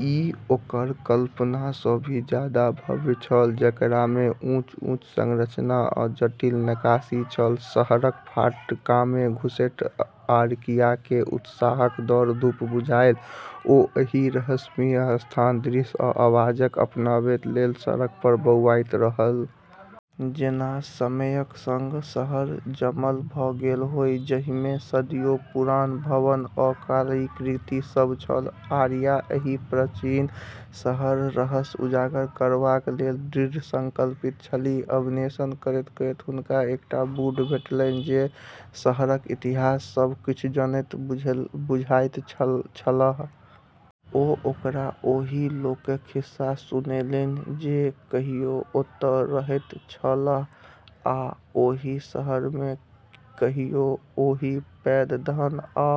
ई ओकर कल्पना सँ भी जादा भव्य छल, जेकरामे ऊँच-ऊँच संरचना आ जटिल नक्काशी छल। शहरक फाटकमे घुसैत आरियाकेँ उत्साहक दौड़-धूप बुझायल। ओ एहि रहस्यमयी स्थानक दृश्य आ आवाजकेँ अपनामे लैत सड़क पर बौआइत रहलीह। जेना समयक संग शहर जमल भ’ गेल हो, जाहिमे सदियो पुरान भवन आ कलाकृति सभ छल। आरिया एहि प्राचीन शहरक रहस्य उजागर करबा लेल दृढ़ संकल्पित छलीह। अन्वेषण करैत-करैत हुनका एकटा बूढ़ भेटलनि जे शहरक इतिहासक सभ किछु जनैत बुझाइत छलाह। ओ ओकरा ओहि लोकक खिस्सा सुनौलनि जे कहियो ओतय रहैत छलाह आ ओहि शहरमे कहियो ओहि पैघ धन आ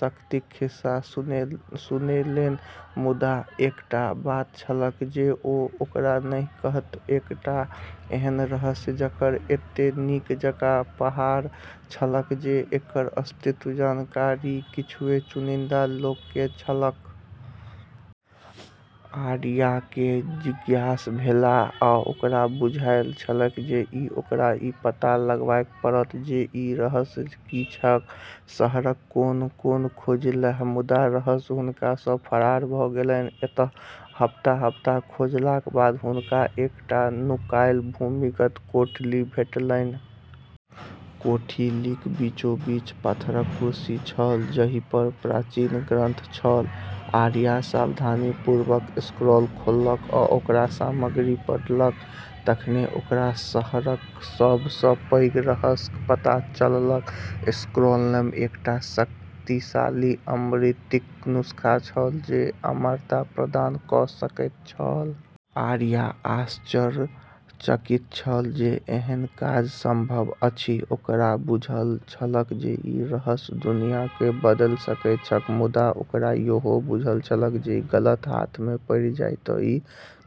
शक्तिक खिस्सा सुनौलनि। मुदा एकटा बात छलैक जे ओ ओकरा नहि कहतैक, एकटा एहन रहस्य जकर एतेक नीक जकाँ पहरा छलैक जे एकर अस्तित्वक जानकारी किछुए चुनिंदा लोककेँ छलैक। आरियाकेँ जिज्ञासा भेलै आ ओकरा बुझल छलैक जे ओकरा ई पता लगाबय पड़तैक जे ई रहस्य की छैक। शहरक कोन-कोन खोजलीह, मुदा रहस्य हुनका सँ फरार भ’ गेलनि। अंततः हफ्ता-हफ्ता खोजलाक बाद हुनका एकटा नुकायल भूमिगत कोठली भेटलनि। कोठलीक बीचोबीच पाथरक कुरसी छल जाहि पर प्राचीन ग्रंथ छल आरिया सावधानीपूर्वक स्क्रॉल खोललक आ ओकर सामग्री पढ़लक। तखने ओकरा शहरक सब सँ पैघ रहस्यक पता चललैक। स्क्रॉलमे एकटा शक्तिशाली अमृतक नुस्खा छल जे अमरता प्रदान क’ सकैत छल। आरिया आश्चर्यचकित छल जे एहन काज संभव अछि। ओकरा बुझल छलैक जे ई रहस्य दुनियाकेँ बदलि सकैत छैक, मुदा ओकरा ईहो बुझल छलैक जे गलत हाथमे पड़ि जाय तँ ई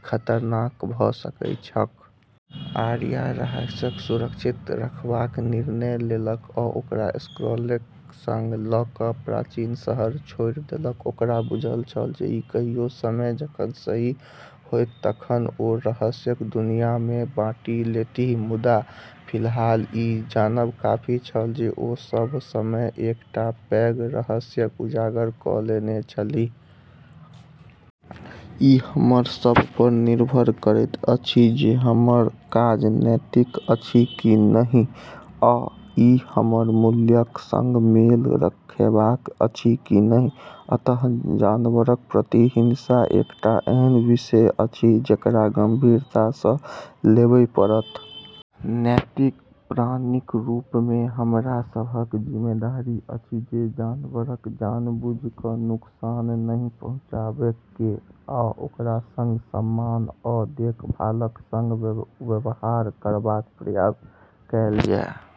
खतरनाक भ’ सकैत छैक। आरिया रहस्यकेँ सुरक्षित रखबाक निर्णय लेलक आ ओ स्क्रॉलकेँ संग ल’ क’ प्राचीन शहर छोड़ि देलक। ओकरा बुझल छलैक जे कहियो समय जखन सही होयत तखन ओ रहस्य दुनियामे बाँटि लेतीह। मुदा फिलहाल ई जानब काफी छल जे ओ सभ समयक एकटा पैघ रहस्यकेँ उजागर क’ लेने छलीह। ई हमरा सभ पर निर्भर करैत अछि जे हमर काज नैतिक अछि कि नहि आ ई हमर मूल्यक संग मेल खाबैत अछि कि नहि। अंततः जानवरक प्रति हिंसा एकटा एहन विषय अछि जेकरा गंभीरता सँ लेबय पड़त। नैतिक प्राणीक रूपमे हमरा सभक जिम्मेदारी अछि जे जानवरकेँ जानबूझि क’ नुकसान नहि पहुँचाबै केँ, आ ओकरा संग सम्मान आ देखभालक संग व्यवहार करबाक प्रयास कएल जाय।